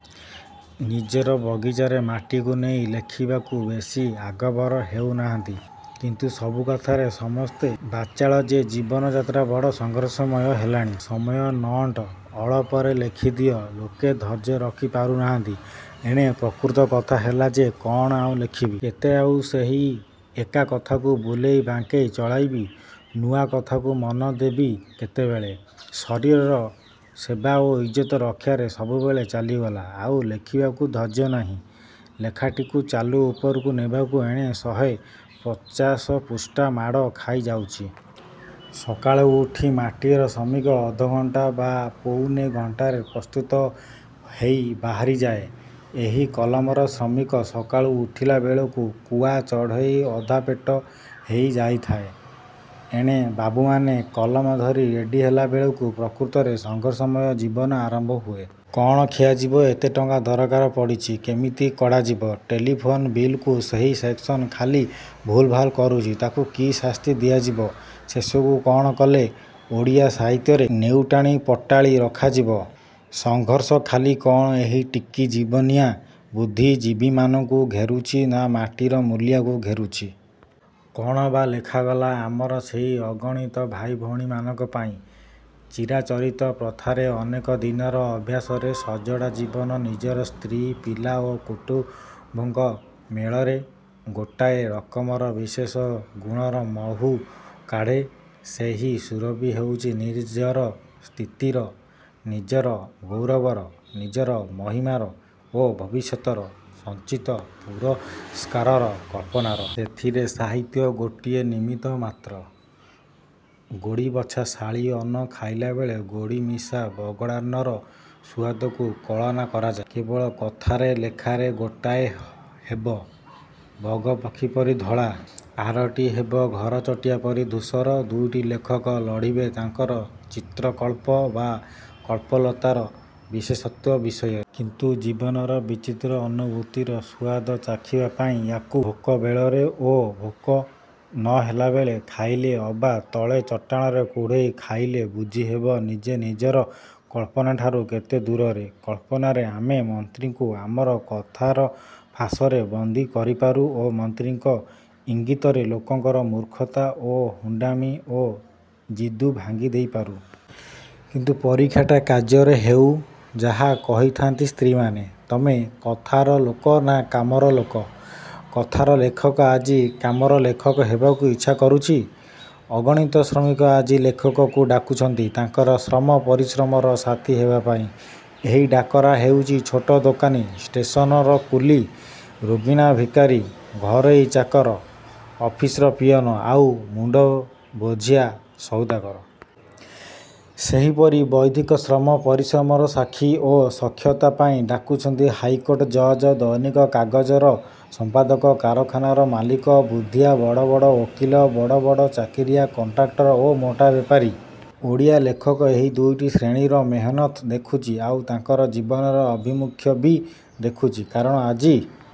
ନିଜର ବଗିଚାର ମାଟିକୁ ନେଇ ଲେଖିବାକୁ ବେଶି ଆଗଭର ହେଉ ନାହାନ୍ତି। କିନ୍ତୁ ସବୁ କଥାରେ ସମସ୍ତେ ବାଚାଳ ଯେ ଜୀବନଯାତ୍ରା ବଡ଼ ସଂଘର୍ଷମୟ ହେଲାଣି। ସମୟ ନଅଣ୍ଟ। ଅଳପକରେ ଲେଖିଦିଅ-ଲୋକେ ଧୈର୍ଯ୍ୟ ରଖିପାରୁ ନାହାନ୍ତି। ଏଣେ ପ୍ରକୃତ କଥା ହେଲା ଯେ କ'ଣ ଆଉ ଲେଖିବି? କେତେ ଆଉ ସେହି ଏକା କଥାକୁ ବୁଲେଇ ବାଙ୍କେଇ ଚଳାଇବି? ନୂଆ କଥାକୁ ମନ ଦେବି କେତେବେଳେ? ଶରୀରର ସେବା ଓ ଇଜ୍ଜତ ରକ୍ଷାରେ ସବୁବେଳ ଚାଲିଗଲା। ଆଉ ଲେଖିବାକୁ ଧୈର୍ଯ୍ୟ ନାହିଁ। ଲେଖାଟିକୁ ଚାଲୁ ଉପରକୁ ନେବାର ଏଣେ ଶହେ ପଚାଶପୃଷ୍ଠା ମାଡ଼ ଖାଇ ଯାଉଛି। ସକାଳୁ ଉଠି ମାଟିର ଶ୍ରମିକ ଅଧ୍ୟଘଣ୍ଟା ବା ପୌନେ ଘଣ୍ଟାରେ ପ୍ରସ୍ତୁତ ହେଇ ବାହାରିଯାଏ। ଏହି କଲମର ଶ୍ରମିକ ସକାଳୁ ଉଠିଲା ବେଳକୁ କୂଆ ଚଢ଼େଇ ଅଧାପେଟ ହେଇ ଯାଇଥାଏ। ଏଣେ ବାବୁମାନେ କଲମ ଧରି ରେଡ଼ି-ହେଲା ବେଳକୁ ପ୍ରକୃତରେ ସଂଘର୍ଷମୟ ଜୀବନ ଆରମ୍ଭ ହୁଏ। କ'ଣ ଖିଆଯିବ? ଏତେ ଟଙ୍କା ଦରକାର ପଡ଼ିଛି କେମିତି କଢ଼ାଯିବ? ଟେଲିଫୋନ ବିଲ୍କୁ ସେହି ସେକସନ ଖାଲି ଭୁଲ ଭାଲ୍ କରୁଛି ତାକୁ କି ଶାସ୍ତି ଦିଆଯିବ? ଶେଷକୁ କ'ଣ କଲେ ଓଡ଼ିଆ ସାହିତ୍ୟରେ ନେଉଟାଳି ପଟାଳି ରଖାଯିବ? ସଂଘର୍ଷ ଖାଲି କ'ଣ ଏହି ଟିକି-ଜୀବନିଆ ବୁଦ୍ଧି-ଜୀବୀମାନଙ୍କୁ ଘେରୁଛି ନା ମାଟିର ମୁଲିଆକୁ ଘେରୁଛି? କ'ଣ ବା ଲେଖାଗଲା ଆମର ସେଇ ଅଗଣିତ ଭାଇ ଭଉଣୀମାନଙ୍କ ପାଇଁ? ଚିରାଚରିତ ପ୍ରଥାରେ ଅନେକ ଦିନର ଅଭ୍ୟାସରେ ସଜଡ଼ା ଜୀବନ ନିଜର ସ୍ତ୍ରୀ, ପିଲା ଓ କୁଟୁମ୍ବଙ୍କ ମେଳରେ ଗୋଟାଏ ରକମର ବିଶେଷ ଗୁଣର ମହୁ କାଢ଼େ। ସେହି ସୁରଭି ହେଉଛି ନିଜର ସ୍ଥିତିର, ନିଜର ଗୌରବର, ନିଜର ମହିମାର ଓ ଭବିଷ୍ୟତର ସଞ୍ଚିତ ପୁରସ୍କାରର କଳ୍ପନାର। ସେଥିରେ ସାହିତ୍ୟ ଗୋଟିଏ ନିମିତ୍ତ ମାତ୍ର। ଗୋଡ଼ିବଛା ଶାଳୀ ଅନ୍ନ ଖାଇଲାବେଳେ ଗୋଡ଼ି ମିଶା ବଗଡ଼ାନ୍ନର ସୁଆଦକୁ କଳନା କରାଯାଏ କେବଳ କଥାରେ। ଲେଖାରେ ଗୋଟାଏ ହେବ ବଗପକ୍ଷୀ ପରି ଧଳା-ଆରଟି ହେବ ଘରଚଟିଆ ପରି ଧୂଷର। ଦୁଇଟି ଲେଖକ ଲଢ଼ିବେ ତାଙ୍କର ଚିନ୍ତ୍ରକଳ୍ପ ବା କଳ୍ପଲତାର ବିଶେଷତ୍ୱ ବିଷୟରେ। କିନ୍ତୁ ଜୀବନର ବିଚିତ୍ର ଅନୁଭୂତିର ସୁଆଦ ଚାଖିବା ପାଇଁ ୟା'କୁ ଭୋକ ବେଳରେ ଓ ଭୋକ। ନ ହେଲାବେଳେ ଖାଇଲେ ଅବା ତଳେ ଚଟାଣରେ କୁଢ଼େଇ ଖାଇଲେ ବୁଝି ହେବ ନିଜେ ନିଜର କଳ୍ପନାଠାରୁ କେତେ ଦୁରରେ। କଳ୍ପନାରେ ଆମେ ମନ୍ତ୍ରୀଙ୍କୁ ଆମର କଥାର ଫାଶରେ ବନ୍ଦୀ କରିପାରୁ ଓ ମନ୍ତ୍ରୀଙ୍କ ଇଙ୍ଗିତରେ ଲୋକଙ୍କର ମୂର୍ଖତା ଓ ହୁଣ୍ଡାମି ଓ ଜିଦ୍କୁ ଭାଙ୍ଗି ଦେଇପାରୁ। କିନ୍ତୁ ପରୀକ୍ଷାଟା କାର୍ଯ୍ୟରେ ହେଉ-ଯାହା କହିଥାନ୍ତି ସ୍ତ୍ରୀମାନେ। ତମେ କଥାର ଲୋକ ନା କାମର ଲୋକ? କଥାର ଲେଖକ ଆଜି କାମର ଲେଖକ ହେବାକୁ ଇଚ୍ଛା କରୁଛି। ଅଗଣିତ ଶ୍ରମିକ ଆଜି ଲେଖକକୁ ଡାକୁଛନ୍ତି ତାଙ୍କର ଶ୍ରମ-ପରିଶ୍ରମର ସାଥି ହେବାପାଇଁ। ଏହି ଡାକରା ହେଉଛି ଛୋଟ ଦୋକାନୀ, ଷ୍ଟେସନର କୁଲି, ରୋଗିଣା ଭିକାରୀ, ଘରୋଇ ଚାକର, ଅଫିସର ପିଅନ, ଆଉ ମୁଣ୍ଡବୋଝିଆ ସଉଦାଗର। ସେହିପରି ବୌଦ୍ଧିକ ଶ୍ରମ-ପରିଶ୍ରମର ସାକ୍ଷୀ ଓ ସଖ୍ୟତା ପାଇଁ ଡାକୁଛନ୍ତି ହାଇକୋଟ ଜଜ୍, ଦୈନିକ କାଗଜର ସଂପାଦକ କାରଖାନାର ମାଲିକ, ବୁଦ୍ଧିଆ ବଡ଼ ବଡ଼ ଓକିଲ, ବଡ଼ ବଡ଼ ଚାକିରିଆ, କଣ୍ଟ୍ରାକ୍ଟର ଓ ମୋଟା ବେପାରୀ? ଓଡ଼ିଆ ଲେଖକ ଏହି ଦୁଇଟି ଶ୍ରେଣୀର ମେହେନତ୍ ଦେଖୁଛି ଆଉ ତାଙ୍କର ଜୀବନର ଆଭିମୁଖ୍ୟ ବି ଦେଖୁଛି। କାରଣ ଆଜି